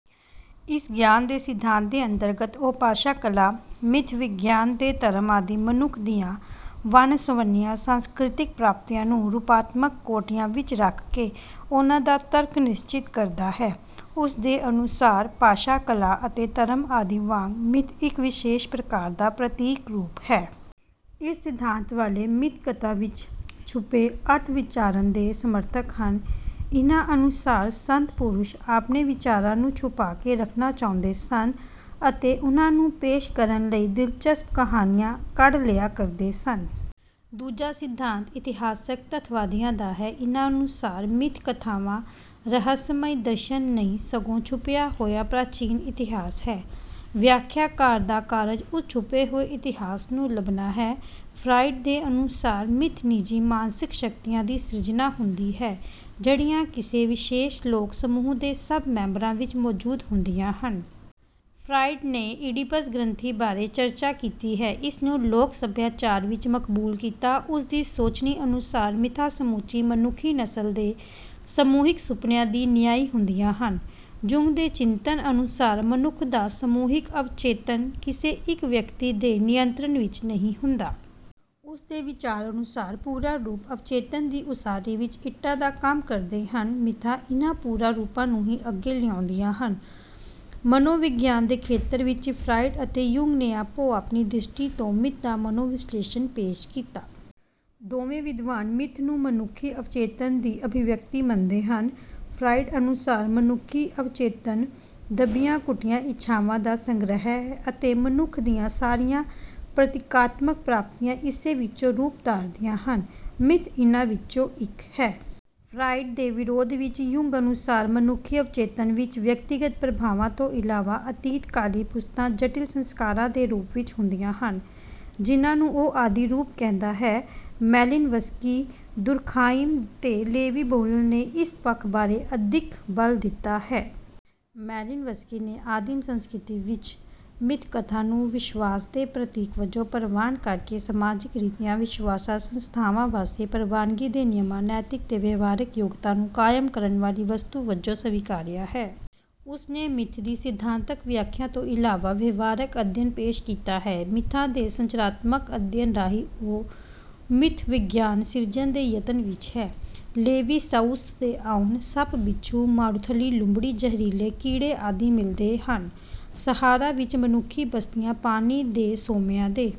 ਇਸ ਗਿਆਨ ਦੇ ਸਿਧਾਂਤ ਦੇ ਅੰਤਰਗਤ ਉਹ ਭਾਸ਼ਾ ਕਲਾ ਮਿੱਥ ਵਿਗਿਆਨ ਤੇ ਧਰਮ ਆਦਿ ਮਨੁੱਖ ਦੀਆਂ ਵੰਨ ਸੁਵੰਨੀਆਂ ਸਾਂਸਕ੍ਰਿਤਕ ਪ੍ਰਾਪਤੀਆਂ ਨੂੰ ਰੂਪਾਤਮਕ ਕੋਟੀਆਂ ਵਿੱਚ ਰੱਖ ਕੇ ਉਨ੍ਹਾਂ ਦਾ ਤਰਕ ਨਿਸ਼ਚਿਤ ਕਰਦਾ ਹੈ। ਉਸ ਦੇ ਅਨੁਸਾਰ ਭਾਸ਼ਾ ਕਲਾ ਅਤੇ ਧਰਮ ਆਦਿ ਵਾਂਗ ਮਿੱਥ ਇੱਕ ਵਿਸ਼ੇਸ਼ ਪ੍ਰਕਾਰ ਦਾ ਪ੍ਰਤੀਕ ਰੂਪ ਹੈ। ਇਸ ਸਿਧਾਂਤ ਵਾਲੇ ਮਿੱਥ ਕਥਾ ਵਿੱਚ ਛੁਪੇ ਅਰਥ ਵਿਚਾਰਣ ਦੇ ਸਮਰਥਕ ਹਨ। ਇਨ੍ਹਾਂ ਅਨੁਸਾਰ ਸੰਤ ਪੁਰਸ਼ ਆਪਣੇ ਵਿਚਾਰਾਂ ਨੂੰ ਛੁਪਾ ਕੇ ਰੱਖਣਾ ਚਾਹੁੰਦੇ ਸਨ ਅਤੇ ਉਨ੍ਹਾਂ ਨੂੰ ਪੇਸ਼ ਕਰਨ ਲਈ ਦਿਲਚਸਪ ਕਹਾਣੀਆਂ ਘੜ ਲਿਆ ਕਰਦੇ ਸਨ। ਦੂਜਾ ਸਿਧਾਂਤ ਇਤਿਹਾਸਕ ਤੱਥਵਾਦੀਆਂ ਦਾ ਹੈ। ਇਨ੍ਹਾਂ ਅਨੁਸਾਰ ਮਿੱਥ ਕਥਾਵਾਂ ਰਹੱਸਮਈ ਦਰਸ਼ਨ ਨਹੀਂ ਸਗੋਂ ਛੁਪਿਆ ਹੋਇਆ ਪ੍ਰਾਚੀਨ ਇਤਿਹਾਸ ਹੈ। ਵਿਆਖਿਆਕਾਰ ਦਾ ਕਾਰਜ ਉਸ ਛੁਪੇ ਹੋਏ ਇਤਿਹਾਸ ਨੂੰ ਲੱਭਣਾ ਹੈ। ਫਰਾਇਡ ਦੇ ਅਨੁਸਾਰ ਮਿੱਥ ਨਿੱਜੀ ਮਾਨਸਿਕ ਸ਼ਕਤੀਆਂ ਦੀ ਸਿਰਜਣਾ ਹੁੰਦੀ ਹੈ ਜਿਹੜੀਆਂ ਕਿਸੇ ਵਿਸ਼ੇਸ਼ ਲੋਕ ਸਮੂਹ ਦੇ ਸਭ ਮੈਂਬਰਾਂ ਵਿੱਚ ਮੌਜੂਦ ਹੁੰਦੀਆਂ ਹਨ। ਫਰਾਇਡ ਨੇ ਇਡੀਪਸ ਗ੍ਰੰਥੀ ਬਾਰੇ ਚਰਚਾ ਕੀਤੀ ਹੈ। ਇਸ ਨੂੰ ਲੋਕ ਸਭਿਆਚਾਰ ਵਿੱਚ ਮਕਬੂਲ ਕੀਤਾ। ਉਸ ਦੀ ਸੋਚਣੀ ਅਨੁਸਾਰ ਮਿੱਥਾਂ ਸਮੁੱਚੀ ਮਨੁੱਖੀ ਨਸਲ ਦੇ ਸਮੂਹਿਕ ਸੁਪਨਿਆਂ ਦੀ ਨਿਆਈ ਹੁੰਦੀਆਂ ਹਨ। ਜੁੰਗ ਦੇ ਚਿੰਤਨ ਅਨੁਸਾਰ ਮਨੁੱਖ ਦਾ ਸਮੂਹਿਕ ਅਵਚੇਤਨ ਕਿਸੇ ਇੱਕ ਵਿਅਕਤੀ ਦੇ ਨਿਯੰਤਰਣ ਵਿੱਚ ਨਹੀਂ ਹੁੰਦਾ। ਉਸ ਦੇ ਵਿਚਾਰ ਅਨੁਸਾਰ ਪੁਰਾ ਰੂਪ ਅਵਚੇਤਨ ਦੀ ਉਸਾਰੀ ਵਿੱਚ ਇੱਟਾਂ ਦਾ ਕੰਮ ਕਰਦੇ ਹਨ। ਮਿੱਥਾਂ ਇਨ੍ਹਾਂ ਪੁਰਾ ਰੂਪਾਂ ਨੂੰ ਹੀ ਅੱਗੇ ਲਿਆਉਂਦੀਆਂ ਹਨ। ਮਨੋ ਵਿਗਿਆਨ ਦੇ ਖੇਤਰ ਵਿੱਚ ਫਰਾਇਡ ਅਤੇ ਯੁੰਗ ਨੇ ਆਪੋ ਆਪਣੀ ਦ੍ਰਿਸ਼ਟੀ ਤੋਂ ਮਿੱਥ ਦਾ ਮਨੋ ਵਿਸ਼ਲੇਸ਼ਣ ਪੇਸ਼ ਕੀਤਾ। ਦੋਵੇਂ ਵਿਦਵਾਨ ਮਿੱਥ ਨੂੰ ਮਨੁੱਖੀ ਅਵਚੇਤਨ ਦੀ ਅਭਿਵਿਅਕਤੀ ਮੰਨਦੇ ਹਨ। ਫਰਾਇਡ ਅਨੁਸਾਰ ਮਨੁੱਖੀ ਅਵਚੇਤਨ ਦੱਬੀਆਂ ਘੁੱਟੀਆਂ ਇੱਛਾਵਾਂ ਦਾ ਸੰਗ੍ਰਹਿ ਹੈ ਅਤੇ ਮਨੁੱਖ ਦੀਆਂ ਸਾਰੀਆਂ ਪ੍ਰਤੀਕਾਤਮਕ ਪ੍ਰਾਪਤੀਆਂ ਇਸੇ ਵਿੱਚੋਂ ਰੂਪ ਧਾਰਦੀਆਂ ਹਨ। ਮਿੱਥ ਇਨ੍ਹਾਂ ਵਿੱਚੋਂ ਇੱਕ ਹੈ। ਫਰਾਇਡ ਦੇ ਵਿਰੋਧ ਵਿੱਚ ਯੁੰਗ ਅਨੁਸਾਰ ਮਨੁੱਖੀ ਅਵਚੇਤਨ ਵਿੱਚ ਵਿਅਕਤੀਗਤ ਪ੍ਰਭਾਵਾਂ ਤੋਂ ਇਲਾਵਾ ਅਤੀਤਕਾਲੀ ਪੁਸ਼ਤਾਂ ਜਟਿਲ ਸੰਸਕਾਰਾਂ ਦੇ ਰੂਪ ਵਿੱਚ ਹੁੰਦੀਆਂ ਹਨ। ਜਿਨ੍ਹਾਂ ਨੂੰ ਉਹ ਆਦਿ ਰੂਪ ਕਹਿੰਦਾ ਹੈ। ਮੈਲਿਨਵਸਕੀ ਦੁਰਖਾਈਮ ਤੇ ਲੇਵੀ ਬਰੁਹਲ ਨੇ ਇਸ ਪੱਖ ਬਾਰੇ ਅਧਿਕ ਬਲ ਦਿੱਤਾ ਹੈ। ਮੈਲਿਨਵਸਕੀ ਨੇ ਆਦਿਮ ਸੰਸਕ੍ਰਿਤੀ ਵਿੱਚ ਮਿੱਥ ਕਥਾ ਨੂੰ ਵਿਸ਼ਵਾਸ ਦੇ ਪ੍ਰਤੀਕ ਵਜੋਂ ਪ੍ਰਵਾਨ ਕਰ ਕੇ ਸਮਾਜਿਕ ਰੀਤੀਆਂ ਵਿਸ਼ਵਾਸਾਂ ਸੰਸਥਾਵਾਂ ਵਾਸਤੇ ਪ੍ਰਵਾਨਗੀ ਦੇ ਨਿਯਮਾਂ ਨੈਤਿਕ ਤੇ ਵਿਵਹਾਰਕ ਯੋਗਤਾ ਨੂੰ ਕਾਇਮ ਕਰਨ ਵਾਲੀ ਵਸਤੂ ਵਜੋਂ ਸਵੀਕਾਰਿਆ ਹੈ। ਉਸ ਨੇ ਮਿੱਥ ਦੀ ਸਿਧਾਂਤਕ ਵਿਆਖਿਆ ਤੋਂ ਇਲਾਵਾ ਵਿਵਹਾਰਕ ਅਧਿਐਨ ਪੇਸ਼ ਕੀਤਾ ਹੈ। ਮਿੱਥਾਂ ਦੇ ਸੰਰਚਨਾਤਮਕ ਅਧਿਐਨ ਰਾਹੀਂ ਉਹ ਮਿੱਥ ਵਿਗਿਆਨ ਸਿਰਜਣ ਦੇ ਯਤਨ ਵਿੱਚ ਹੈ। ਲੇਵੀ ਸਤ੍ਰਾਉਸ ਦੇ ਆਉਣ। ਸੱਪ ਬਿੱਛੂ ਮਾਰੂਥਲੀ ਲੂੰਬੜੀ ਜ਼ਹਿਰੀਲੇ ਕੀੜੇ ਆਦਿ ਮਿਲਦੇ ਹਨ। ਸਹਾਰਾ ਵਿੱਚ ਮਨੁੱਖੀ ਬਸਤੀਆਂ ਪਾਣੀ ਦੇ ਸੋਮਿਆਂ ਦੇ